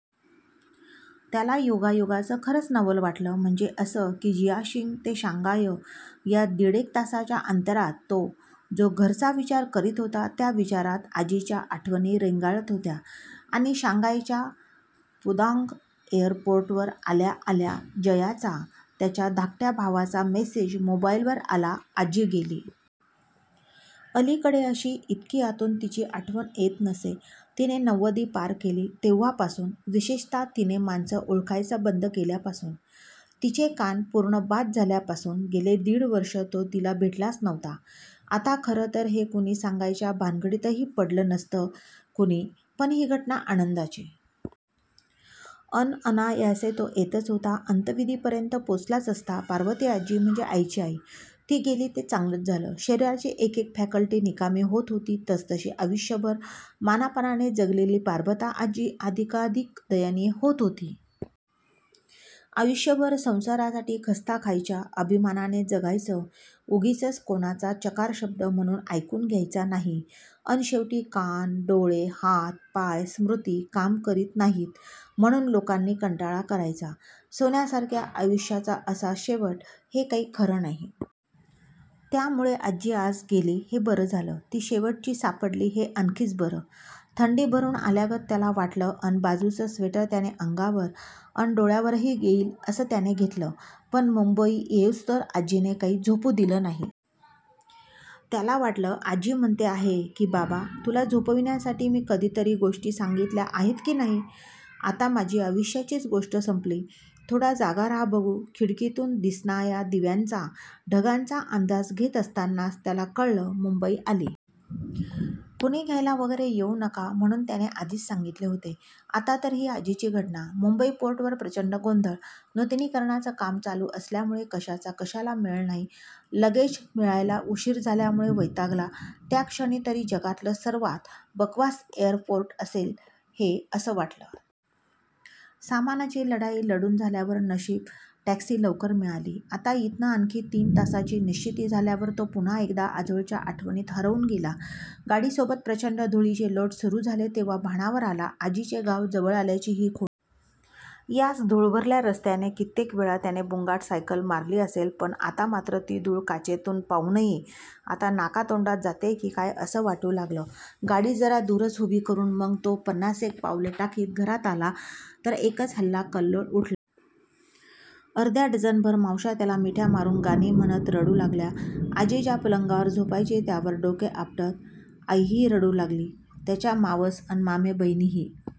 त्याला योगायोगाचं खरंच नवल वाटलं. म्हणजे असं की जियाशिंग ते शांघाय या दीडेक तासांच्या अंतरात तो जो घरचा विचार करीत होता, त्या विचारांत आजीच्या आठवणी रेंगाळत होत्या. आणि शांघायच्या पुदाँग एअरपोर्टवर आल्या-आल्या, जयाचा, त्याच्या धाकट्या भावाचा मेसेज मोबाईलवर आला- आजी गेली. अलिकडे अशी, इतकी आतून तिची आठवण येत नसे. तिने नव्वदी पार केली, तेव्हापासून. विशेषत: तिने माणसं ओळखायचं बंद केल्यापासून. तिचे कान पुर्ण बाद झाल्यापासून. गेले दीड वर्षे तो तिला भेटलाच नव्हता. आता खरं तर हे कुणी सांगायच्या भानगडीतही पडलं नसतं कुणी, पण ही घटना आनंदाची! अन अनायासे तो येतच होता. अंत्यविधीपर्यंत पोचलाच असता. पार्वतीआजी म्हणजे आईची आई. ती गेली ते चांगलंच झालं. शरीराची एकेक फॅकल्टी निकामी होत होती, तसतशी आयूष्यभर मानापानाने जगलेली 'पार्बता' आजी अधिकाधिक दयनीय होत होती. आयूष्यभर संसारासाठी खस्ता खायच्या. आभिमानाने जगायचं. उगीचच कोणाचा चकार शब्द म्हणून ऐकून घ्यायचा नाही. अन शेवटी कान, डोळे, हात, पाय, स्मृती काम करीत नाहीत, म्हणून लोकांनी कंटाळा करायचा. सोन्यासारख्या आयूष्याचा असा शेवट, हे काही खरं नाही. त्यामूळे आजी आज गेली, हे बरं झालं. ती 'शेवटची' सापडली, हे आणखीच बरं. थंडी भरून आल्यागत त्याला वाटलं, अन बाजूचं स्वेटर त्यानं अंगावर अन डोळ्यांवरही येईल असं त्यानं घेतलं. पण मुंबई येईस्तोवर आज्जीने काही झोपू दिलं नाही. त्याला वाटलं- आजी म्हणते आहे, की बाबा, तुला झोपविण्यासाठी मी कधीतरी गोष्टी सांगितल्या आहेत की नाही? आता माझी आयूष्याचीच गोष्ट संपली. थोडा जागा राहा बघू. खिडकीतून दिसणाया दिव्यांचा, ढगांचा अंदाज घेत असतानाच त्याला कळलं, मुंबई आली. कुणी घ्यायला वगैरे येऊ नका, म्हणून त्याने आधीच सांगितले होते. आता तर ही आजीची घटना. मुंबई पोर्टवर प्रचंड गोंधळ. नुतनीकरणाचं काम चालू असल्यामूळे कशाचा कशाला मेळ नाही. लगेज मिळायला उशीर झाल्यामूळे वैतागला. त्या क्षणी तरी जगातलं सर्वात बकवास एयरपोर्ट असेल हे, असं वाटलं. सामानाची लढाई लढून झाल्यावर नशीब टॅक्सी लवकर मिळाली. आता इथनं आणखी तीन तासांची निश्चिती झाल्यावर तो पुन्हा एकदा आजोळच्या आठवणींत हरवून गेला. गाडीसोबत प्रचंड धुळीचे लोट सुरू झाले, तेव्हा भानावर आला. आजीचे गाव जवळ आल्याची ही खुण. याच धुळभरल्या रस्त्याने कित्येक वेळा त्याने बुंगाट सायकल मारली असेल, पण आता मात्र ती धुळ काचेतून पाहूनही आत्ता नाका-तोंडात जातेय की काय, असं वाटू लागलं. गाडी जरा दुरच उभी करून मग तो पन्नासेक पावले टाकीत घरात आला, तर एकच हलकल्लोळ उठला. अर्धा डझनभर मावश्या त्याला मिठ्या मारून, गाणी म्हणत रडू लागल्या. आजी ज्या पलंगावर झोपायची, त्यावर डोके आपटत आईही रडू लागली. त्याच्या मावस अन मामे बहिणी ही--